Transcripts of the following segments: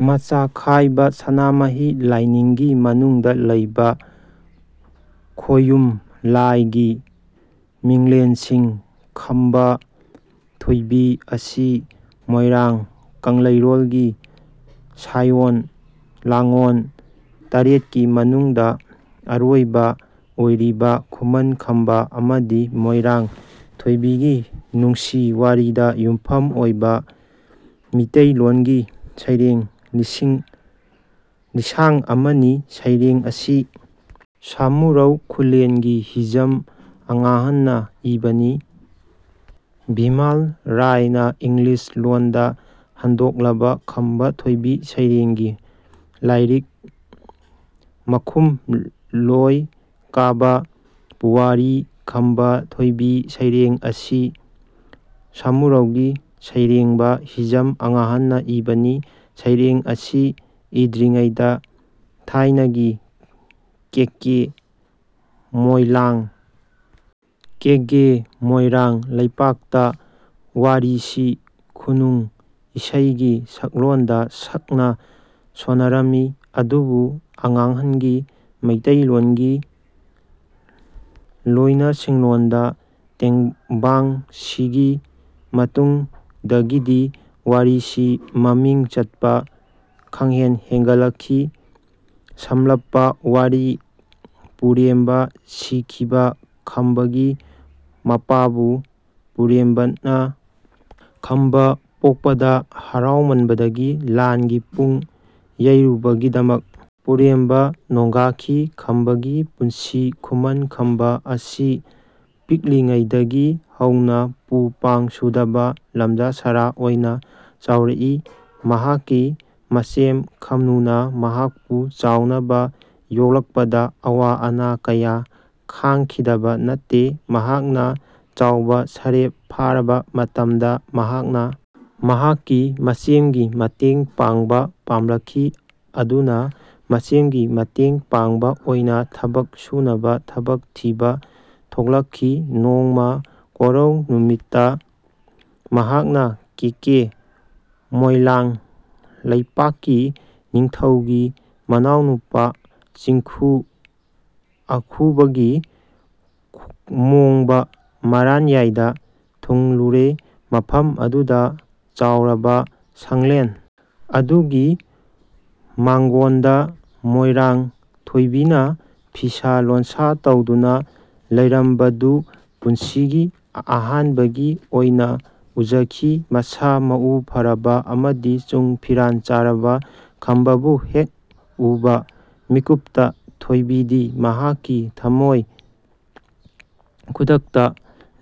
ꯃꯆꯥꯈꯥꯏꯕꯁꯅꯥꯃꯍꯤ ꯂꯥꯏꯅꯤꯡꯒꯤ ꯃꯅꯨꯡꯗ ꯂꯩꯕ ꯈꯣꯌꯨꯝ ꯂꯥꯏꯒꯤ ꯃꯤꯡꯂꯦꯟꯁꯤꯡ ꯈꯝꯕ ꯊꯣꯢꯕꯤ ꯑꯁꯤ ꯃꯣꯢꯔꯥꯡ ꯀꯪꯂꯩꯔꯣꯜꯒꯤ ꯁꯥꯢꯑꯣꯟ ꯂꯥꯡꯑꯣꯟ ꯇꯔꯦꯠꯀꯤ ꯃꯅꯨꯡꯗ ꯑꯔꯣꯢꯕ ꯑꯣꯢꯔꯤꯕ ꯈꯨꯃꯟ ꯈꯝꯕ ꯑꯃꯗꯤ ꯃꯣꯏꯔꯥꯡ ꯊꯣꯏꯕꯤꯒꯤ ꯅꯨꯡꯁꯤ ꯋꯥꯔꯤꯗ ꯌꯨꯝꯐꯝ ꯑꯣꯏꯕ ꯃꯤꯇꯩꯂꯣꯟꯒꯤ ꯁꯩꯔꯦꯡ ꯂꯤꯁꯤꯡ ꯂꯤꯁꯥꯡ ꯑꯃꯅꯤ꯫ ꯁꯩꯔꯦꯡ ꯑꯁꯤ ꯁꯃꯨꯔꯧ ꯈꯨꯜꯂꯦꯟꯒꯤ ꯍꯤꯖꯝ ꯑꯉꯥꯡꯍꯜꯅ ꯏꯕꯅꯤ꯫ ꯚꯤꯃꯥꯜ ꯔꯥꯢꯅꯥ ꯏꯪꯂꯤꯁ ꯂꯣꯟꯗ ꯍꯟꯗꯣꯛꯂꯕ ꯈꯝꯕ ꯊꯣꯏꯕꯤ ꯁꯩꯔꯦꯡꯒꯤ ꯂꯥꯢꯔꯤꯛ ꯃꯈꯨꯝ ꯂꯣꯏ ꯀꯥꯕ ꯄꯨꯋꯥꯔꯤ ꯈꯝꯕ ꯊꯣꯢꯕꯤ ꯁꯩꯔꯦꯡ ꯑꯁꯤ ꯁꯃꯨꯔꯧꯒꯤ ꯁꯩꯔꯦꯡꯕ ꯍꯤꯖꯝ ꯑꯉꯥꯡꯍꯜꯅ ꯏꯕꯅꯤ꯫ ꯁꯩꯔꯦꯡ ꯑꯁꯤ ꯏꯗ꯭ꯔꯤꯉꯩꯗ ꯊꯥꯢꯅꯒꯤ ꯀꯦꯀꯦ ꯃꯣꯢꯂꯥꯡ ꯀꯦꯒꯦ ꯃꯣꯢꯔꯥꯡ ꯂꯩꯄꯥꯛꯇ ꯋꯥꯔꯤꯁꯤ ꯈꯨꯅꯨꯡ ꯏꯁꯩꯒꯤ ꯁꯛꯂꯣꯟꯗ ꯁꯛꯅ ꯁꯣꯟꯅꯔꯝꯢ꯫ ꯑꯗꯨꯕꯨ ꯑꯉꯥꯡꯍꯜꯒꯤ ꯃꯩꯇꯩꯂꯣꯟꯒꯤ ꯂꯣꯢꯅꯁꯤꯟꯂꯣꯟꯗ ꯇꯦꯡꯕꯥꯡꯁꯤꯒꯤ ꯃꯇꯨꯡꯗꯒꯤꯗꯤ ꯋꯥꯔꯤꯁꯤ ꯃꯃꯤꯡ ꯆꯠꯄ ꯈꯪꯍꯦꯟ ꯍꯦꯟꯒꯠꯂꯛꯈꯤ꯫ ꯁꯝꯂꯞꯄ ꯋꯥꯔꯤ ꯄꯨꯔꯦꯝꯕ ꯁꯤꯈꯤꯕ ꯈꯝꯕꯒꯤ ꯃꯄꯥꯕꯨ ꯄꯨꯔꯦꯝꯕꯅ ꯈꯝꯕ ꯄꯣꯛꯄꯗ ꯍꯔꯥꯎꯃꯟꯕꯗꯒꯤ ꯂꯥꯟꯒꯤ ꯄꯨꯡ ꯌꯩꯔꯨꯕꯒꯤꯗꯃꯛ ꯄꯨꯔꯦꯝꯕ ꯅꯣꯡꯒꯥꯈꯤ꯫ ꯈꯝꯕꯒꯤ ꯄꯨꯟꯁꯤ ꯈꯨꯃꯟ ꯈꯝꯕ ꯑꯁꯤ ꯄꯤꯛꯂꯤꯉꯩꯗꯒꯤ ꯍꯧꯅ ꯄꯨ ꯄꯥꯡ ꯁꯨꯗꯕ ꯂꯝꯖꯥ ꯁꯔꯥ ꯑꯣꯢꯅ ꯆꯥꯎꯔꯛꯏ꯫ ꯃꯍꯥꯛꯀꯤ ꯃꯆꯦꯝ ꯈꯝꯅꯨꯅ ꯃꯍꯥꯛꯄꯨ ꯆꯥꯎꯅꯕ ꯌꯣꯛꯂꯛꯄꯗ ꯑꯋꯥ ꯑꯅꯥ ꯀꯌꯥ ꯈꯥꯡꯈꯤꯗꯕ ꯅꯠꯇꯦ꯫ ꯃꯍꯥꯛꯅ ꯆꯥꯎꯕ ꯁꯔꯦꯞ ꯐꯥꯔꯕ ꯃꯇꯝꯗ ꯃꯍꯥꯛꯅ ꯃꯍꯥꯛꯀꯤ ꯃꯆꯦꯝꯒꯤ ꯃꯇꯦꯡ ꯄꯥꯡꯕ ꯄꯥꯝꯂꯛꯈꯤ꯫ ꯑꯗꯨꯅ ꯃꯆꯦꯝꯒꯤ ꯃꯇꯦꯡ ꯄꯥꯡꯕ ꯑꯣꯢꯅ ꯊꯕꯛ ꯁꯨꯅꯕ ꯊꯕꯛ ꯊꯤꯕ ꯊꯣꯛꯂꯛꯈꯤ꯫ ꯅꯣꯡꯃ ꯀꯣꯔꯧ ꯅꯨꯃꯤꯠꯇ ꯃꯍꯥꯛꯅ ꯀꯦꯀꯦ ꯃꯣꯢꯂꯥꯡ ꯂꯩꯄꯥꯛꯀꯤ ꯅꯤꯡꯊꯧꯒꯤ ꯃꯅꯥꯎꯅꯨꯄꯥ ꯆꯤꯡꯈꯨ ꯑꯈꯨꯕꯒꯤ ꯃꯣꯡꯕ ꯃꯔꯥꯟꯌꯥꯢꯗ ꯊꯨꯡꯂꯨꯔꯦ꯫ ꯃꯐꯝ ꯑꯗꯨꯗ ꯆꯥꯎꯔꯕ ꯁꯪꯂꯦꯟ ꯑꯗꯨꯒꯤ ꯃꯥꯡꯒꯣꯟꯗ ꯃꯣꯢꯔꯥꯡ ꯊꯣꯢꯕꯤꯅ ꯐꯤꯁꯥ ꯂꯣꯟꯁꯥ ꯇꯧꯗꯨꯅ ꯂꯩꯔꯝꯕꯗꯨ ꯄꯨꯟꯁꯤꯒꯤ ꯑꯍꯥꯟꯕꯒꯤ ꯑꯣꯢꯅ ꯎꯖꯈꯤ꯫ ꯃꯁꯥ ꯃꯎ ꯐꯔꯕ ꯑꯃꯗꯤ ꯆꯨꯡ ꯐꯤꯔꯥꯜ ꯆꯥꯔꯕ ꯈꯝꯕꯕꯨ ꯍꯦꯛ ꯎꯕ ꯃꯤꯠꯀꯨꯞꯇ ꯊꯣꯢꯕꯤꯗꯤ ꯃꯍꯥꯛꯀꯤ ꯊꯃꯣꯢ ꯈꯨꯗꯛꯇ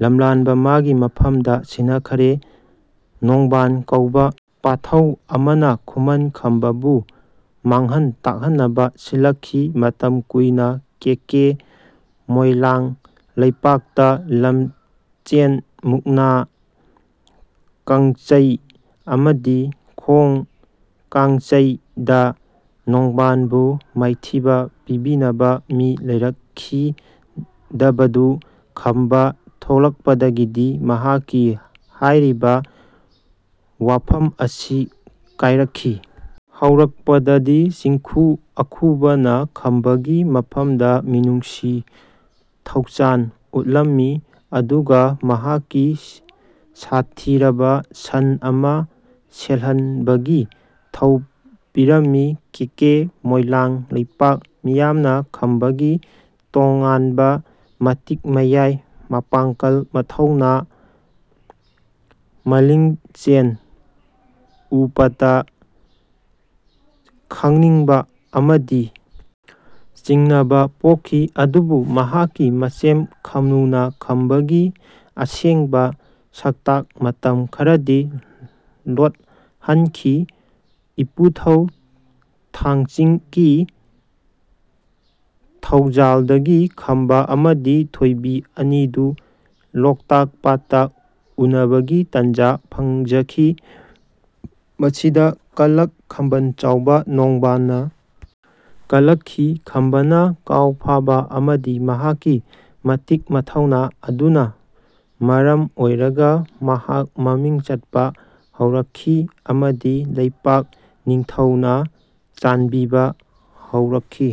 ꯂꯝꯂꯥꯟꯕ ꯃꯥꯒꯤ ꯃꯐꯝꯗ ꯁꯤꯟꯅꯈ꯭ꯔꯦ꯫ ꯅꯣꯡꯕꯥꯟ ꯀꯧꯕ ꯄꯥꯊꯧ ꯑꯃꯅ ꯈꯨꯃꯟ ꯈꯝꯕ ꯕꯨ ꯃꯥꯡꯍꯟ ꯇꯥꯛꯍꯟꯅꯕ ꯁꯤꯜꯂꯛꯈꯤ꯫ ꯃꯇꯝ ꯀꯨꯢꯅ ꯀꯦꯀꯦ ꯃꯣꯢꯂꯥꯡ ꯂꯩꯄꯥꯛꯇ ꯂꯝꯆꯦꯜ ꯃꯨꯛꯅꯥ ꯀꯥꯡꯆꯩ ꯑꯃꯗꯤ ꯈꯣꯡ ꯀꯥꯡꯆꯩ ꯗ ꯅꯣꯡꯕꯥꯟ ꯕꯨ ꯃꯥꯢꯊꯤꯕ ꯄꯤꯕꯤꯅꯕ ꯃꯤ ꯂꯩꯔꯛꯈꯤꯗꯕꯗꯨ ꯈꯝꯕ ꯊꯣꯛꯂꯛꯄꯗꯒꯤꯗꯤ ꯃꯍꯥꯛꯀꯤ ꯍꯥꯢꯔꯤꯕ ꯋꯥꯐꯝ ꯑꯁꯤ ꯀꯥꯢꯔꯛꯈꯤ꯫ ꯍꯧꯔꯛꯄꯗꯗꯤ ꯆꯤꯡꯈꯨ ꯑꯈꯨꯕ ꯅ ꯈꯝꯕ ꯒꯤ ꯃꯐꯝꯗ ꯃꯤꯅꯨꯡꯁꯤ ꯊꯧꯆꯥꯜ ꯎꯠꯂꯝꯃꯤ ꯑꯗꯨꯒ ꯃꯍꯥꯛꯀꯤ ꯁꯥꯊꯤꯔꯕ ꯁꯟ ꯑꯃ ꯁꯦꯜꯍꯟꯕꯒꯤ ꯊꯧ ꯄꯤꯔꯝꯃꯤ꯫ ꯀꯦꯀꯦ ꯃꯣꯢꯂꯥꯡ ꯂꯩꯄꯥꯛ ꯃꯤꯌꯥꯝꯅ ꯈꯝꯕ ꯒꯤ ꯇꯣꯉꯥꯟꯕ ꯃꯇꯤꯛ ꯃꯌꯥꯢ ꯃꯄꯥꯡꯀꯜ ꯃꯊꯧꯅꯥ ꯃꯂꯤꯡꯆꯦꯜ ꯎꯄꯗ ꯈꯪꯅꯤꯡꯕ ꯑꯃꯗꯤ ꯆꯤꯡꯅꯕ ꯄꯣꯛꯈꯤ꯫ ꯑꯗꯨꯕꯨ ꯃꯍꯥꯛꯀꯤ ꯃꯆꯦꯝ ꯈꯝꯅꯨ ꯅ ꯈꯝꯕ ꯒꯤ ꯑꯁꯦꯡꯕ ꯁꯛꯇꯥꯛ ꯃꯇꯝ ꯈꯔꯗꯤ ꯂꯣꯠꯍꯟꯈꯤ꯫ ꯏꯄꯨꯊꯧ ꯊꯥꯡꯆꯤꯡ ꯒꯤ ꯊꯧꯖꯥꯜꯗꯒꯤ ꯈꯝꯕ ꯑꯃꯗꯤ ꯊꯣꯢꯕꯤ ꯑꯅꯤꯗꯨ ꯂꯣꯛꯇꯥꯛ ꯄꯥꯠꯇ ꯎꯅꯕꯒꯤ ꯇꯥꯟꯖꯥ ꯐꯪꯖꯈꯤ꯫ ꯃꯁꯤꯗ ꯀꯜꯂꯛ ꯈꯝꯕꯜ ꯆꯥꯎꯕ ꯅꯣꯡꯕꯥꯟ ꯅ ꯀꯜꯂꯛꯈꯤ꯫ ꯈꯝꯕꯅ ꯀꯥꯎ ꯐꯥꯕ ꯑꯃꯗꯤ ꯃꯍꯥꯛꯀꯤ ꯃꯇꯤꯛ ꯃꯊꯧꯅꯥ ꯑꯗꯨꯅ ꯃꯔꯝ ꯑꯣꯢꯔꯒ ꯃꯍꯥꯛ ꯃꯃꯤꯡ ꯆꯠꯄ ꯍꯧꯔꯛꯈꯤ ꯑꯃꯗꯤ ꯂꯩꯄꯥꯛ ꯅꯤꯡꯊꯧ ꯅ ꯆꯥꯟꯕꯤꯕ ꯍꯧꯔꯛꯈꯤ꯫